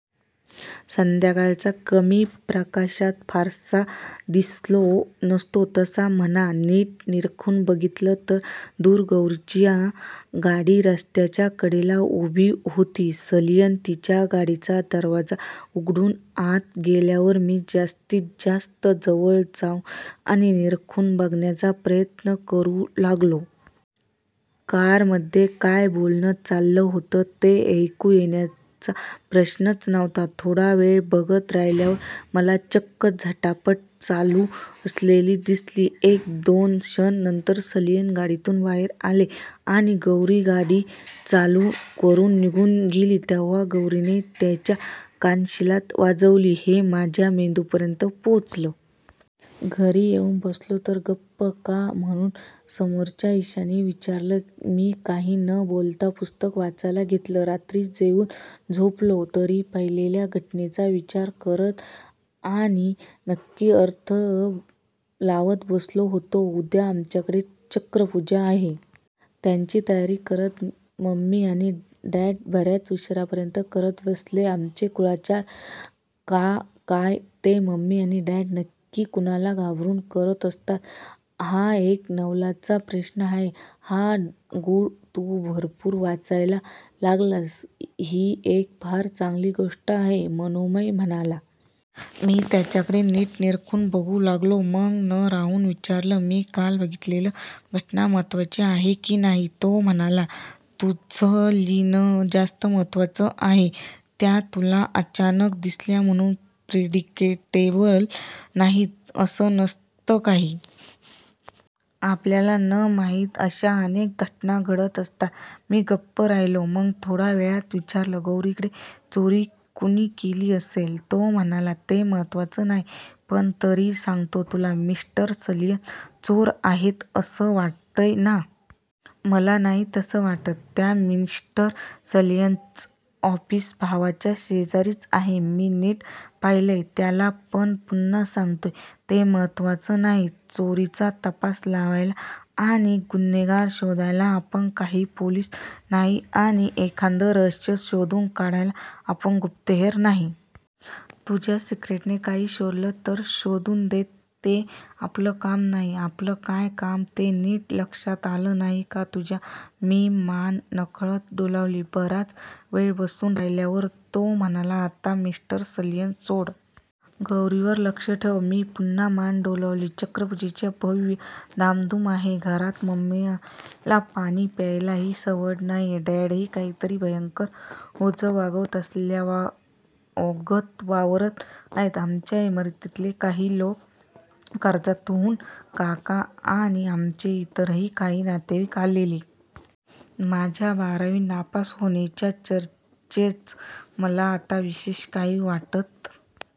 संध्याकाळच्या कमी प्रकाशात फारसा दिसलो नसतो तसा म्हणा. नीट निरखून बघितलं तर दूर गौरीची गाडी रस्त्याच्या कडेला उभी होती. सलियन तिच्या गाडीचा दरवाजा उघडून आत गेल्यावर मी जास्तीत जास्त जवळ जाऊन आणि निरखून बघण्याचा प्रयत्न करू लागलो. कारमध्ये काय बोलणं चाललं होतं, ते ऐकू येण्याचा प्रश्नच नव्हता. थोडा वेळ बघत राहिल्यावर मला चक्क झटापट चालू असलेली दिसली- एक दोनच क्षण. नंतर सलियन गाडीतून बाहेर आले, आणि गौरी गाडी चालू करून निघून गेली तेव्हा गौरीने त्यांच्या कानशिलात वाजवली- हे माझ्या मेंदूपर्यंत पोचलं. घरी येऊन बसलो तर गप्प का-- म्हणून समोरच्या इशाने विचारलं. मी काही न बोलता पुस्तक वाचायला घेतलं. रात्री जेऊन झोपलो, तरी पाहिलेल्या घटनेचा विचार करत आणि नक्की अर्थ लावत बसलो होतो. उद्या आमच्याकडे चक्रपूजा आहे. त्याची तयारी करत मम्मी आणि डॅड बर्याच उशिरापर्यंत करत बसलेले. आमचे कुळाचार का काय ते- मम्मी आणि डॅड नक्की कुणाला घाबरून करत असतात, हा एक नवलाचाच प्रश्न आहे. हां. गुड. तू भरपूर वाचायला लागलास ही एक फार चांगली गोष्ट आहे-- मनोमय म्हणाला. मी त्याच्याकडे नीट निरखून बघू लागलो. मग न राहवून विचारलं-- मी काल बघितलेली घटना महत्वाची आहे की नाही? तो म्हणाला-- तुझं लिहिणं जास्त महत्वाचं आहे. त्या तुला अचानक दिसल्या म्हणून प्रेडिक्टेबल नाहीत असं नसतं काही. आपल्याला न माहित अशा अनेक घटना घडत असतात. मी गप्प राहिलो. मग थोड्या वेळात विचारलं-- गौरीकडे चोरी कुणी केली असेल? तो म्हणाला- ते महत्वाचं नाही. पण तरी सांगतो. तुला मिस्टर सलियन चोर आहेत असं वाटतंय ना? मला नाही तसं वाटत. त्या मिस्टर सलियनचं ऑफिस भावाच्या शेजारीच आहे. मी नीट पाहिलंय त्याला. पण पुन्हा सांगतो- ते महत्वाचं नाही. चोरीचा तपास लावायला आणि गुन्हेगार शोधायला आपण काही पोलिस नाही. आणि एखादं रहस्य शोधून काढायला आपण गुप्तहेर नाही. तुझ्या स्क्रिप्टने काही शोधलं तर शोधू देत. ते आपलं काम नाही. आपलं काम काय- ते नीट लक्षात आलं नाही का तुझ्या? मी मान नकळत डोलावली. बराच वेळ बसून राहिल्यावर तो म्हणाला-- आता मिस्टर सलियन सोड. गौरीवर लक्ष ठेव. मी पुन्हा मान डोलावली. चक्रपुजेची भव्य धामधुम आहे घरात. मम्मीला पाणी प्यायलाही सवड नाही. डॅडही काहीतरी भयंकर ओझं वागवत असल्यागत वावरत आहेत. आमच्या इमारतीतले काही लोक, कर्जतहून काका आणि आमचे इतरही काही नातेवाईक आलेले. माझ्या बारावी नापास होण्याच्या चर्चेचं मला आता विशेष काही वाटत